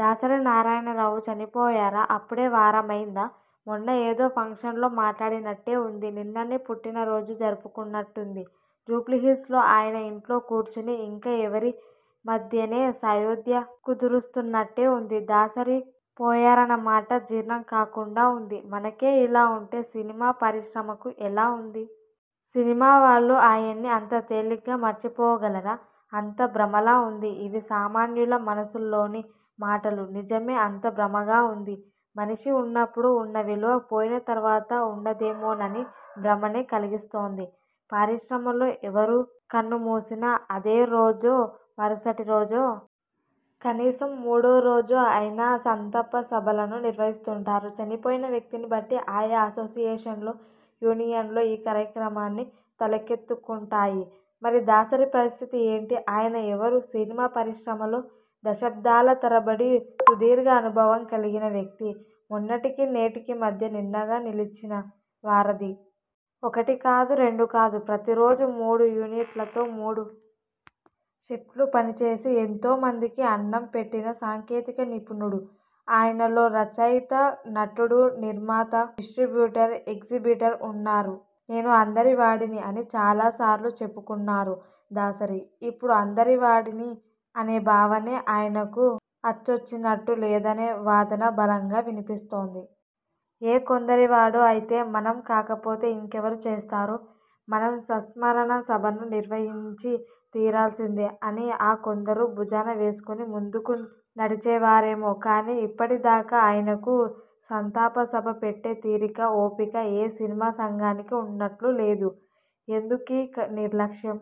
దాసరి నారాయణరావు చనిపోయారా? అప్పుడే వారమైందా? మొన్న ఏదో ఫంక్షన్ లో మాట్లాడినట్టే ఉంది. నిన్ననే పుట్టినరోజు జరుపుకున్నట్టుంది. జూబ్లీహిల్స్ లో ఆయన ఇంట్లో కూర్చుని ఇంకా ఎవరి మధ్యనే సయోధ్య కుదురుస్తున్నట్టే ఉంది. దాసరి పోయారన్నమాట జీర్ణం కాకుండా ఉంది మనకే ఇలా ఉంటే సినిమా పరిశ్రమకు ఎలా ఉంది? సినిమా వాళ్లు ఆయన్ని అంత తేలిగ్గా మర్చిపోగలరా అంతా భ్రమలా ఉంది ఇవి సామాన్యుల మనసుల్లోని మాటలు. నిజమే.. అంతా భ్రమగా ఉంది. మనిషి ఉన్నప్పుడు ఉన్న విలువ పోయిన తర్వాత ఉండదేమోనని భ్రమనే కలిగిస్తోంది. పరిశ్రమలో ఎవరు కన్నుమూసినా అదే రోజో, మరుసటి రోజో.. కనీసం మూడో రోజో అయినా సంతాప సభలను నిర్వహిస్తుంటారు. చనిపోయిన వ్యక్తిని బట్టి ఆయా అసోసియేషన్లో, యూనియన్లో ఈ కార్యక్రమాన్ని తలకెత్తుకుంటాయి. మరి దాసరి పరిస్థితి ఏంటి? ఆయన ఎవరు? సినిమా పరిశ్రమలో దశాబ్దాల తరబడి సుదీర్ఘ అనుభవం కలిగిన వ్యక్తి. మొన్నటికి, నేటికీ మధ్య నిన్నగా నిలిచిన వారధి. ఒకటి కాదు, రెండు కాదు.. ప్రతి రోజూ మూడు యూనిట్లతో మూడు షిఫ్ట్లు పనిచేసి ఎంతో మందికి అన్నం పెట్టిన సాంకేతిక నిపుణుడు. ఆయనలో రచయిత.. నటుడు.. నిర్మాత, డిస్ర్టిబ్యూటర్, ఎగ్జిబిటర్ ఉన్నారు. 'నేను అందరివాడిని' అని చాలా సార్లు చెప్పుకున్నారు దాసరి. ఇప్పుడు అందరివాడిని అనే భావనే ఆయనకు అచ్చొచ్చినట్టు లేదనే వాదన బలంగా వినిపిస్తోంది. ఏ కొందరివాడో అయితే 'మనం కాకపోతే ఇంకెవరు చేస్తారు.. మనం సంస్మరణ సభను నిర్వహించి తీరాల్సిందే' అని ఆ కొందరూ భుజాన వేసుకుని ముందుకు నడిచేవారేమో కానీ ఇప్పటిదాకా ఆయనకు సంతాప సభ పెట్టే తీరిక, ఓపిక ఏ సినిమా సంఘానికి ఉన్నట్లు లేదు. ఎందుకీ నిర్లక్ష్యం?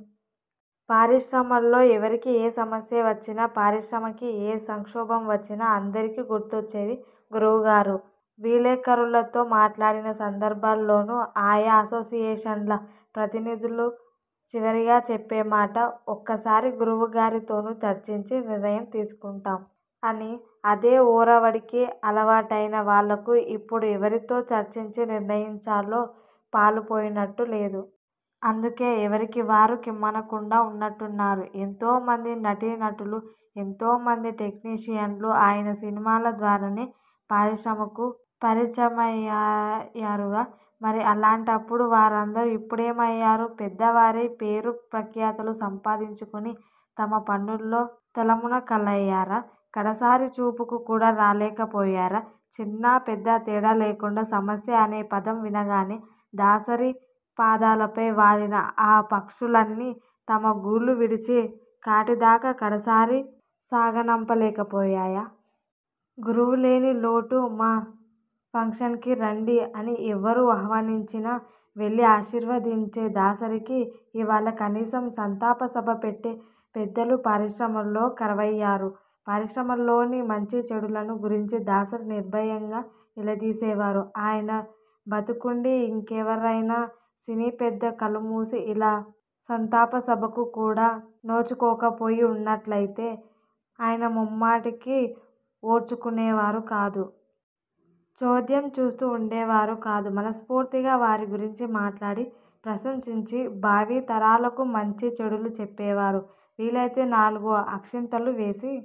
పరిశ్రమలో ఎవరికి ఏ సమస్య వచ్చినా, పరిశ్రమకి ఏ సంక్షోభం వచ్చినా అందరికీ గుర్తొచ్చేది 'గురువుగారు'. విలేకరులతో మాట్లాడిన సందర్భాల్లోనూ ఆయా అసోసియేషన్ల ప్రతినిధులు చివరిగా చెప్పే మాట.. 'ఒకసారి గురువుగారితోనూ చర్చించి, నిర్ణయం తీసుకుంటాం' అని. అదే ఒరవడికి అలవాటైన వాళ్లకు ఇప్పుడు ఎవరితో చర్చించి నిర్ణయించాలో పాలుపోయినట్టు లేదు. అందుకే ఎవరికి వారు కిమ్మనకుండా ఉన్నట్టున్నారు. ఎంతో మంది నటీనటులు, ఎంతో మంది టెక్నీషియన్లు ఆయన సినిమాల ద్వారానే పరిశ్రమకు పరిచయమయ్యారుగా.. మరి అలాంటప్పుడు వారందరూ ఇప్పుడేమయ్యారు. పెద్దవారై, పేరు ప్రఖ్యాతులు సంపాదించుకుని తమ పనుల్లో తలమునకలయ్యారా? కడసారి చూపుకు కూడా రాలేకపోయారా?.. చిన్నా, పెద్ద తేడా లేకుండా 'సమస్య' అనే పదం వినగానే దాసరి పాదాలపై వాలిన ఆ పక్షులన్నీ తమ గూళ్లు విడిచి కాటిదాకా కడసారి సాగనంపలేకపోయాయా? 'గురువు' లేని లోటు'మా ఫంక్షన్కి రండి' అని ఎవరు ఆహ్వానించినా వెళ్లి ఆశీర్వదించే దాసరికి ఇవాళ కనీసం సంతాప సభ పెట్టే పెద్దలు పరిశ్రమలో కరవయ్యారు. పరిశ్రమలోని మంచీచెడులను గురించి దాసరి నిర్భయంగా నిలదేసేవారు. ఆయన బతికుండీ ఇంకెవరైనా సినీ పెద్ద కళ్లుమూసి ఇలా సంతాపసభకు కూడా నోచుకోకపోయి ఉన్నట్లయితే ఆయన ముమ్మాటికీ ఓర్చుకునేవారు కాదు.. చోద్యం చూస్తూ ఉండేవారు కాదు. మనస్ఫూర్తిగా వారి గురించి మాట్లాడి, ప్రశంసించి.. భావి తరాలకు మంచీ చెడులు చెప్పేవారు. వీలైతే నాలుగు అక్షింతలు వేసి